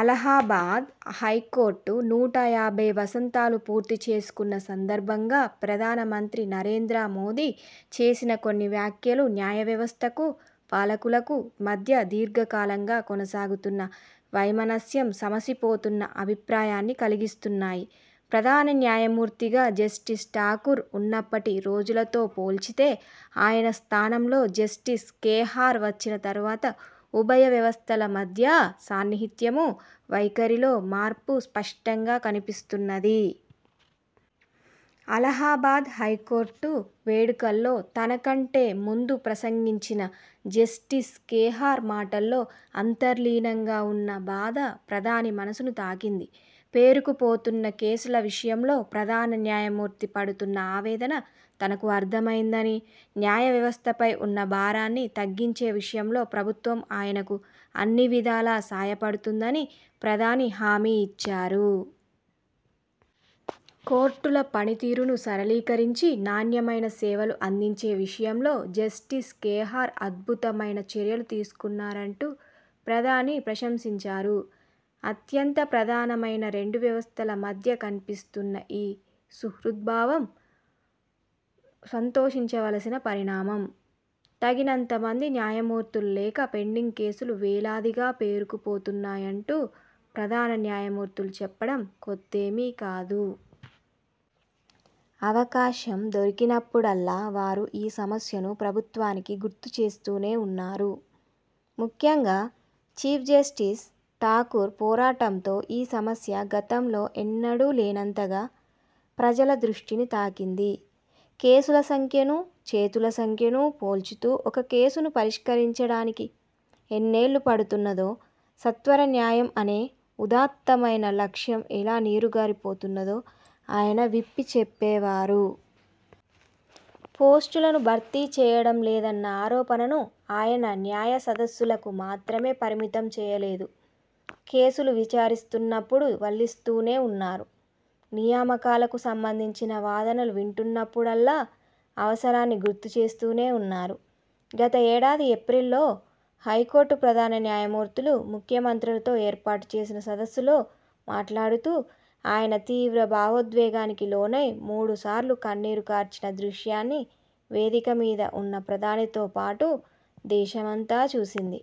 Allahabad high court నూట యాభై వసంతాలు పూర్తిచేసుకున్న సందర్భంగా ప్రధానమంత్రి నరేంద్రమోదీ చేసిన కొన్ని వ్యాఖ్యలు న్యాయ వ్యవస్థకూ, పాలకులకూ మధ్య దీర్ఘకాలంగా కొనసాగుతున్న వైమనస్యం సమసిపోతున్న అభిప్రాయాన్ని కలిగిస్తున్నాయి. ప్రధాన న్యాయమూర్తిగా జస్టిస్ ఠాకూర్ ఉన్నప్పటి రోజులతో పోల్చితే, ఆయన స్థానంలో జస్టిస్ ఖేహార్ వచ్చిన తరువాత ఉభయ వ్యవస్థల మధ్యా సాన్నిహిత్యమూ, వైఖరిలో మార్పు స్పష్టంగా కనిపిస్తున్నది. అలహాబాద్ హైకోర్టు వేడుకల్లో తనకంటే ముందు ప్రసంగించిన జస్టిస్ ఖేహార్ మాటల్లో అంతర్లీనంగా ఉన్న బాధ ప్రధాని మనసును తాకింది. పేరుకుపోతున్న కేసుల విషయంలో ప్రధాన న్యాయమూర్తి పడుతున్న ఆవేదన తనకు అర్థమైందనీ, న్యాయవ్యవస్థపై ఉన్న భారాన్ని తగ్గించే విషయంలో ప్రభుత్వం ఆయనకు అన్ని విధాలా సాయపడుతుందని ప్రధాని హామీ ఇచ్చారు. కోర్టుల పనితీరును సరళీకరించి, నాణ్యమైన సేవలు అందించే విషయంలో జస్టిస్ ఖేహార్ అద్భుతమైన చర్యలు తీసుకున్నారంటూ ప్రధాని ప్రశంసించారు. అత్యంత ప్రధానమైన రెండు వ్యవస్థల మధ్య కనిపిస్తున్న ఈ సుహృద్భావం సంతోషించవలసిన పరిణామం. తగినంతమంది న్యాయమూర్తులు లేక పెండింగ్ కేసులు వేలాదిగా పేరుకుపోతున్నాయంటూ ప్రధాన న్యాయమూర్తులు చెప్పడం కొత్తేమీ కాదు. అవకాశం దొరికినప్పుడల్లా వారు ఈ సమస్యను ప్రభుత్వానికి గుర్తుచేస్తూనే ఉన్నారు. ముఖ్యంగా, చీఫ్జస్టిస్ ఠాకూర్ పోరాటంతో ఈ సమస్య గతంలో ఎన్నడూ లేనంతగా ప్రజల దృష్టిని తాకింది. కేసుల సంఖ్యనూ, చేతుల సంఖ్యనూ పోల్చుతూ ఒక కేసును పరిష్కరించడానికి ఎన్నేళ్ళుపడుతున్నదో, సత్వరన్యాయం అనే ఉదాత్తమైన లక్ష్యం ఎలా నీరుగారిపోతున్నదో ఆయన విప్పిచెప్పేవారు. పోస్టులను భర్తీ చేయడంలేదన్న ఆరోపణను ఆయన న్యాయసదస్సులకు మాత్రమే పరిమితం చేయలేదు. కేసులు విచారిస్తున్నప్పుడు వల్లిస్తూనే ఉన్నారు, నియామకాలకు సంబంధించిన వాదనలు వింటున్నప్పుడల్లా అవసరాన్ని గుర్తుచేస్తూనే ఉన్నారు. గత ఏడాది ఏప్రిల్లో హైకోర్టు ప్రధాన న్యాయమూర్తులు, ముఖ్యమంత్రులతో ఏర్పాటు చేసిన సదస్సులో మాట్లాడుతూ ఆయన తీవ్ర భావోద్వేగానికి లోనై మూడుసార్లు కన్నీరు కార్చిన దృశ్యాన్ని వేదికమీద ఉన్న ప్రధానితో పాటు దేశమంతా చూసింది.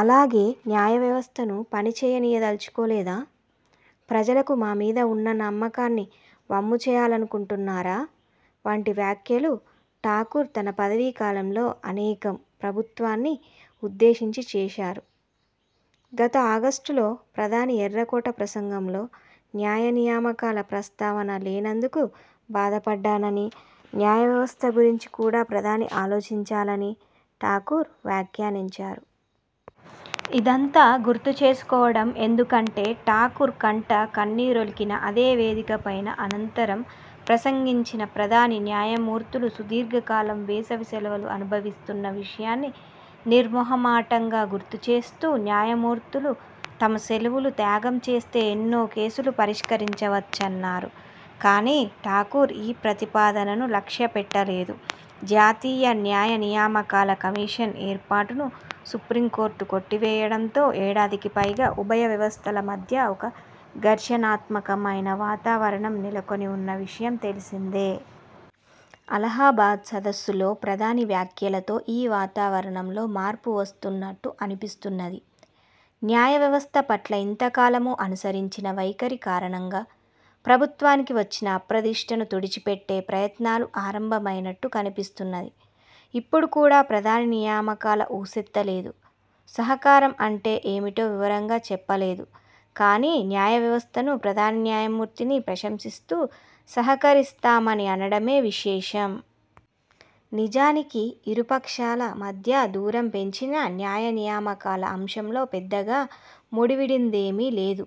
అలాగే, 'న్యాయవ్యవస్థను పనిచేయనీయదల్చుకోలేదా? ' 'ప్రజలకు మా మీద ఉన్న నమ్మకాన్ని వమ్ముచేయాలనుకుంటున్నారా? ' వంటి వ్యాఖ్యలు ఠాకూర్ తన పదవీ కాలంలో అనేకం ప్రభుత్వాన్ని ఉద్దేశించి చేశారు. గత ఆగస్టులో ప్రధాని ఎర్రకోట ప్రసంగంలో న్యాయనియామకాల ప్రస్తావన లేనందుకు బాధపడ్డాననీ, న్యాయవ్యవస్థ గురించి కూడా ప్రధాని ఆలోచించాలని ఠాకూర్ వ్యాఖ్యానించారు. ఇదంతా గుర్తుచేసుకోవడం ఎందుకంటే, ఠాకూర్ కంట కన్నీరొలికిన అదే వేదికపైన అనంతరం ప్రసంగించిన ప్రధాని న్యాయమూర్తులు సుదీర్ఘకాలం వేసవి సెలవులు అనుభవిస్తున్న విషయాన్ని నిర్మొహమాటంగా గుర్తుచేస్తూ, న్యాయమూర్తులు తమ సెలవులు త్యాగం చేస్తే ఎన్నో కేసులు పరిష్కరించవచ్చన్నారు. కానీ, ఠాకూర్ ఈ ప్రతిపాదనను లక్ష్యపెట్టలేదు. 'జాతీయ న్యాయనియామకాల కమిషన్' ఏర్పాటును సుప్రీంకోర్టు కొట్టివేయడంతో ఏడాదికిపైగా ఉభయ వ్యవస్థల మధ్యా ఒక ఘర్షణాత్మకమైన వాతావరణం నెలకొనివున్న విషయం తెలిసిందే. అలహాబాద్ సదస్సులో ప్రధాని వ్యాఖ్యలతో ఈ వాతావరణంలో మార్పు వస్తున్నట్టు అనిపిస్తున్నది. న్యాయవ్యవస్థ పట్ల ఇంతకాలమూ అనుసరించిన వైఖరి కారణంగా ప్రభుత్వానికి వచ్చిన అప్రదిష్టను తుడిచిపెట్టే ప్రయత్నాలు ఆరంభమైనట్టు కనిపిస్తున్నది. ఇప్పుడు కూడా ప్రధాని నియామకాల ఊసెత్తలేదు, సహకారం అంటే ఏమిటో వివరంగా చెప్పలేదు. కానీ, న్యాయవ్యవస్థను, ప్రధాన న్యాయమూర్తిని ప్రశంసిస్తూ సహకరిస్తామని అనడమే విశేషం. నిజానికి, ఇరుపక్షాల మధ్యా దూరం పెంచిన న్యాయనియామకాల అంశంలో పెద్దగా ముడివిడిందేమీ లేదు.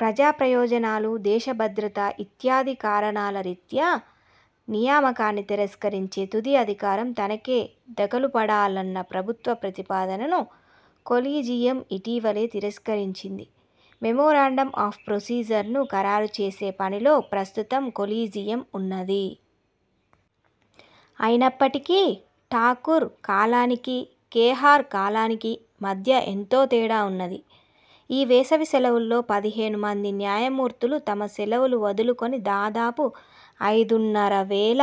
'ప్రజాప్రయోజనాలు', 'దేశ భద్రత' ఇత్యాది కారణాల రీత్యా నియామకాన్ని తిరస్కరించే తుది అధికారం తనకే దఖలుపడాలన్న ప్రభుత్వ ప్రతిపాదనను కొలీజియం ఇటీవలే తిరస్కరించింది. 'మెమోరాండం ఆఫ్ ప్రొసీజర్ 'ను ఖరారుచేసే పనిలో ప్రస్తుతం కొలీజియం ఉన్నది. అయినప్పటికీ, ఠాకూర్ కాలానికీ, ఖేహార్ కాలానికీ మధ్య ఎంతో తేడావున్నది. ఈ వేసవి సెలవుల్లో పదిహేను మంది న్యాయమూర్తులు తమ సెలవులు వదులుకొని దాదాపు ఐదున్నరవేల